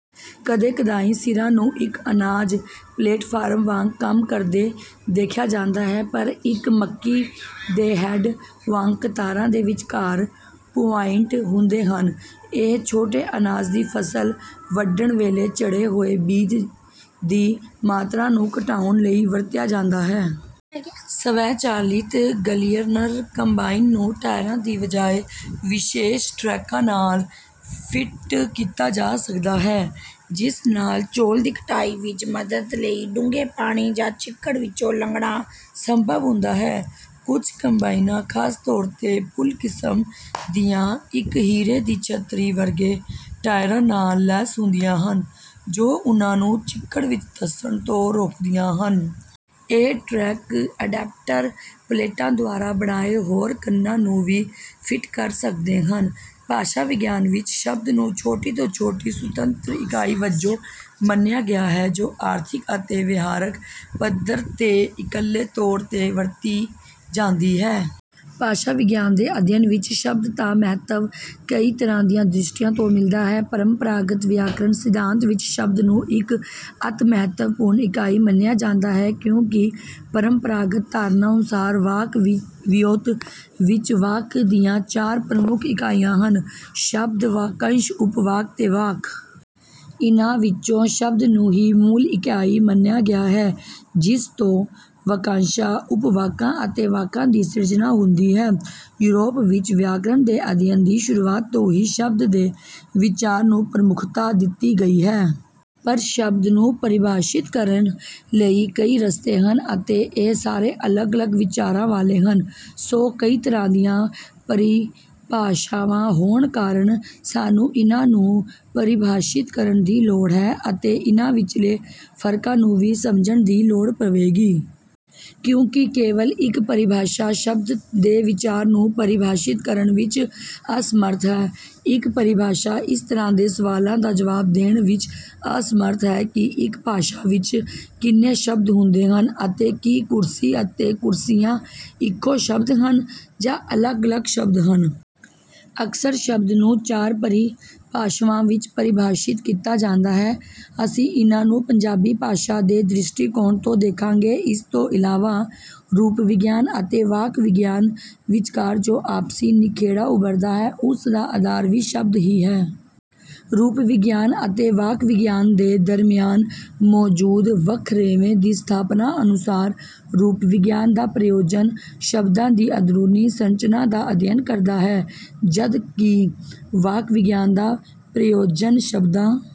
ਕਦੀ-ਕਦਾਈਂ ਸਿਰਾਂ ਨੂੰ ਇੱਕ ਅਨਾਜ ਪਲੇਟਫਾਰਮ ਵਾਂਗ ਕੰਮ ਕਰਦੇ ਦੇਖਿਆ ਜਾਂਦਾ ਹੈ, ਪਰ ਇੱਕ ਮੱਕੀ ਦੇ ਹੈੱਡ ਵਾਂਗ ਕਤਾਰਾਂ ਦੇ ਵਿਚਕਾਰ ਪੁਆਇੰਟ ਹੁੰਦੇ ਹਨ। ਇਹ ਛੋਟੇ ਅਨਾਜ ਦੀ ਫ਼ਸਲ ਵੱਢਣ ਵੇਲੇ ਝੜੇ ਹੋਏ ਬੀਜ ਦੀ ਮਾਤਰਾ ਨੂੰ ਘਟਾਉਣ ਲਈ ਵਰਤਿਆ ਜਾਂਦਾ ਹੈ। ਸਵੈ-ਚਾਲਿਤ ਗਲੀਨਰ ਕੰਬਾਈਨ ਨੂੰ ਟਾਇਰਾਂ ਦੀ ਬਜਾਏ ਵਿਸ਼ੇਸ਼ ਟਰੈਕਾਂ ਨਾਲ ਫਿੱਟ ਕੀਤਾ ਜਾ ਸਕਦਾ ਹੈ, ਜਿਸ ਨਾਲ ਚੌਲ ਦੀ ਕਟਾਈ ਵਿੱਚ ਮਦਦ ਲਈ ਡੂੰਘੇ ਪਾਣੀ ਜਾਂ ਚਿੱਕੜ ਵਿੱਚੋਂ ਲੰਘਣਾ ਸੰਭਵ ਹੁੰਦਾ ਹੈ। ਕੁਝ ਕੰਬਾਈਨਾਂ, ਖ਼ਾਸ ਤੌਰ ’ਤੇ ਪੁੱਲ ਕਿਸਮ ਦੀਆਂ, ਇੱਕ ਹੀਰੇ ਦੀ ਛੱਤਰੀ ਵਰਗੇ ਟਾਇਰਾਂ ਨਾਲ ਲੈਸ ਹੁੰਦੀਆਂ ਹਨ, ਜੋ ਉਨ੍ਹਾਂ ਨੂੰ ਚਿੱਕੜ ਵਿੱਚ ਧੱਸਣ ਤੋਂ ਰੋਕਦੀਆਂ ਹਨ। ਇਹ ਟਰੈਕ ਅਡਾਪਟਰ ਪਲੇਟਾਂ ਦੁਆਰਾ ਬਣਾਏ ਹੋਰ ਕੰਨਾਂ ਨੂੰ ਵੀ ਫਿੱਟ ਕਰ ਸਕਦੇ ਹਨ। ਭਾਸ਼ਾ-ਵਿਗਿਆਨ ਵਿੱਚ ‘ਸ਼ਬਦ’ ਨੂੰ ਛੋਟੀ ਤੋਂ ਛੋਟੀ ਸੁਤੰਤਰ ਇਕਾਈ ਵਜੋਂ ਮੰਨਿਆ ਗਿਆ ਹੈ, ਜੋ ਆਰਥਿਕ ਅਤੇ ਵਿਹਾਰਿਕ ਪੱਧਰ ’ਤੇ ਇੱਕਲੇ ਤੌਰ ’ਤੇ ਵਰਤੀ ਜਾਂਦੀ ਹੈ। ਭਾਸ਼ਾ-ਵਿਗਿਆਨ ਦੇ ਅਧਿਐਨ ਵਿੱਚ ‘ਸ਼ਬਦ’ ਦਾ ਮਹੱਤਵ ਕਈ ਤਰ੍ਹਾਂ ਦੀਆਂ ਦ੍ਰਿਸ਼ਟੀਆਂ ਤੋਂ ਮਿਲਦਾ ਹੈ। ਪਰੰਪਰਾਗਤ ਵਿਆਕਰਨ ਸਿਧਾਂਤ ਵਿੱਚ ‘ਸ਼ਬਦ’ ਨੂੰ ਇੱਕ ਅਤਿ ਮਹੱਤਵਪੂਰਨ ਇਕਾਈ ਮੰਨਿਆ ਜਾਂਦਾ ਹੈ। ਕਿਉਂਕਿ ਪਰੰਪਰਾਗਤ ਧਾਰਨਾ ਅਨੁਸਾਰ ਵਾਕ-ਵਿਓਂਤ ਵਿੱਚ ਵਾਕ ਦੀਆਂ ਚਾਰ ਪ੍ਰਮੁੱਖ ਇਕਾਈਆਂ ਹਨ—ਸ਼ਬਦ, ਵਾਕੰਸ਼, ਉਪਵਾਕ ਅਤੇ ਵਾਕ। ਇਨ੍ਹਾਂ ਵਿੱਚੋਂ ‘ਸ਼ਬਦ’ ਨੂੰ ਹੀ ਮੂਲ ਇਕਾਈ ਮੰਨਿਆ ਗਿਆ ਹੈ, ਜਿਸ ਤੋਂ ਵਾਕੰਸ਼ਾਂ, ਉਪਵਾਕਾਂ ਅਤੇ ਵਾਕਾਂ ਦੀ ਸਿਰਜਣਾ ਹੁੰਦੀ ਹੈ। ਯੂਰਪ ਵਿੱਚ ਵਿਆਕਰਨ ਦੇ ਅਧਿਐਨ ਦੀ ਸ਼ੁਰੂਆਤ ਤੋਂ ਹੀ ‘ਸ਼ਬਦ’ ਦੇ ਵਿਚਾਰ ਨੂੰ ਪ੍ਰਮੁੱਖਤਾ ਦਿੱਤੀ ਗਈ ਹੈ। ਪਰ ਸ਼ਬਦ ਨੂੰ ਪਰਿਭਾਸ਼ਿਤ ਕਰਨ ਲਈ ਕਈ ਰਸਤੇ ਹਨ ਅਤੇ ਇਹ ਸਾਰੇ ਅਲੱਗ-ਅਲੱਗ ਵਿਚਾਰਾਂ ਵਾਲੇ ਹਨ। ਸੋ, ਕਈ ਤਰ੍ਹਾਂ ਦੀਆਂ ਪਰਿਭਾਸ਼ਾਵਾਂ ਹੋਣ ਕਾਰਨ ਸਾਨੂੰ ਇਨ੍ਹਾਂ ਨੂੰ ਪਰਿਭਾਸ਼ਿਤ ਕਰਨ ਦੀ ਲੋੜ ਹੈ ਅਤੇ ਇਨ੍ਹਾਂ ਵਿਚਲੇ ਫ਼ਰਕਾਂ ਨੂੰ ਵੀ ਸਮਝਣ ਦੀ ਲੋੜ ਪਵੇਗੀ। ਕਿਉਂਕਿ ਕੇਵਲ ਇੱਕ ਪਰਿਭਾਸ਼ਾ ‘ਸ਼ਬਦ’ ਦੇ ਵਿਚਾਰ ਨੂੰ ਪਰਿਭਾਸ਼ਿਤ ਕਰਨ ਵਿੱਚ ਅਸਮਰੱਥ ਹੈ। ਇੱਕ ਪਰਿਭਾਸ਼ਾ ਇਸ ਤਰ੍ਹਾਂ ਦੇ ਸਵਾਲਾਂ ਦਾ ਜਵਾਬ ਦੇਣ ਵਿੱਚ ਅਸਮਰੱਥ ਹੈ ਕਿ ਇੱਕ ਭਾਸ਼ਾ ਵਿੱਚ ਕਿੰਨੇ ਸ਼ਬਦ ਹੁੰਦੇ ਹਨ ਅਤੇ ਕੀ ‘ਕੁਰਸੀ’ ਅਤੇ ‘ਕੁਰਸੀਆਂ’ ਇੱਕੋ ਸ਼ਬਦ ਹਨ ਜਾਂ ਅਲੱਗ-ਅਲੱਗ ਸ਼ਬਦ ਹਨ। ਅਕਸਰ ‘ਸ਼ਬਦ’ ਨੂੰ ਚਾਰ ਪਰਿਭਾਸ਼ਾਵਾਂ ਵਿੱਚ ਪਰਿਭਾਸ਼ਿਤ ਕੀਤਾ ਜਾਂਦਾ ਹੈ। ਅਸੀਂ ਇਨ੍ਹਾਂ ਨੂੰ ਪੰਜਾਬੀ ਭਾਸ਼ਾ ਦੇ ਦ੍ਰਿਸ਼ਟੀਕੋਣ ਤੋਂ ਦੇਖਾਂਗੇ। ਇਸ ਤੋਂ ਇਲਾਵਾ, ਰੂਪ-ਵਿਗਿਆਨ ਅਤੇ ਵਾਕ-ਵਿਗਿਆਨ ਵਿਚਕਾਰ ਜੋ ਆਪਸੀ ਨਿਖੇੜਾ ਉਭਰਦਾ ਹੈ, ਉਸ ਦਾ ਆਧਾਰ ਵੀ ‘ਸ਼ਬਦ’ ਹੀ ਹੈ। ਰੂਪ-ਵਿਗਿਆਨ ਅਤੇ ਵਾਕ-ਵਿਗਿਆਨ ਦੇ ਦਰਮਿਆਨ ਮੌਜੂਦ ਵਖਰੇਵੇਂ ਦੀ ਸਥਾਪਨਾ ਅਨੁਸਾਰ, ਰੂਪ-ਵਿਗਿਆਨ ਦਾ ਪ੍ਰਯੋਜਨ ਸ਼ਬਦਾਂ ਦੀ ਅੰਦਰੂਨੀ ਸੰਰਚਨਾ ਦਾ ਅਧਿਐਨ ਕਰਨਾ ਹੈ, ਜਦਕਿ ਵਾਕ-ਵਿਗਿਆਨ ਦਾ ਪ੍ਰਯੋਜਨ ਸ਼ਬਦਾਂ...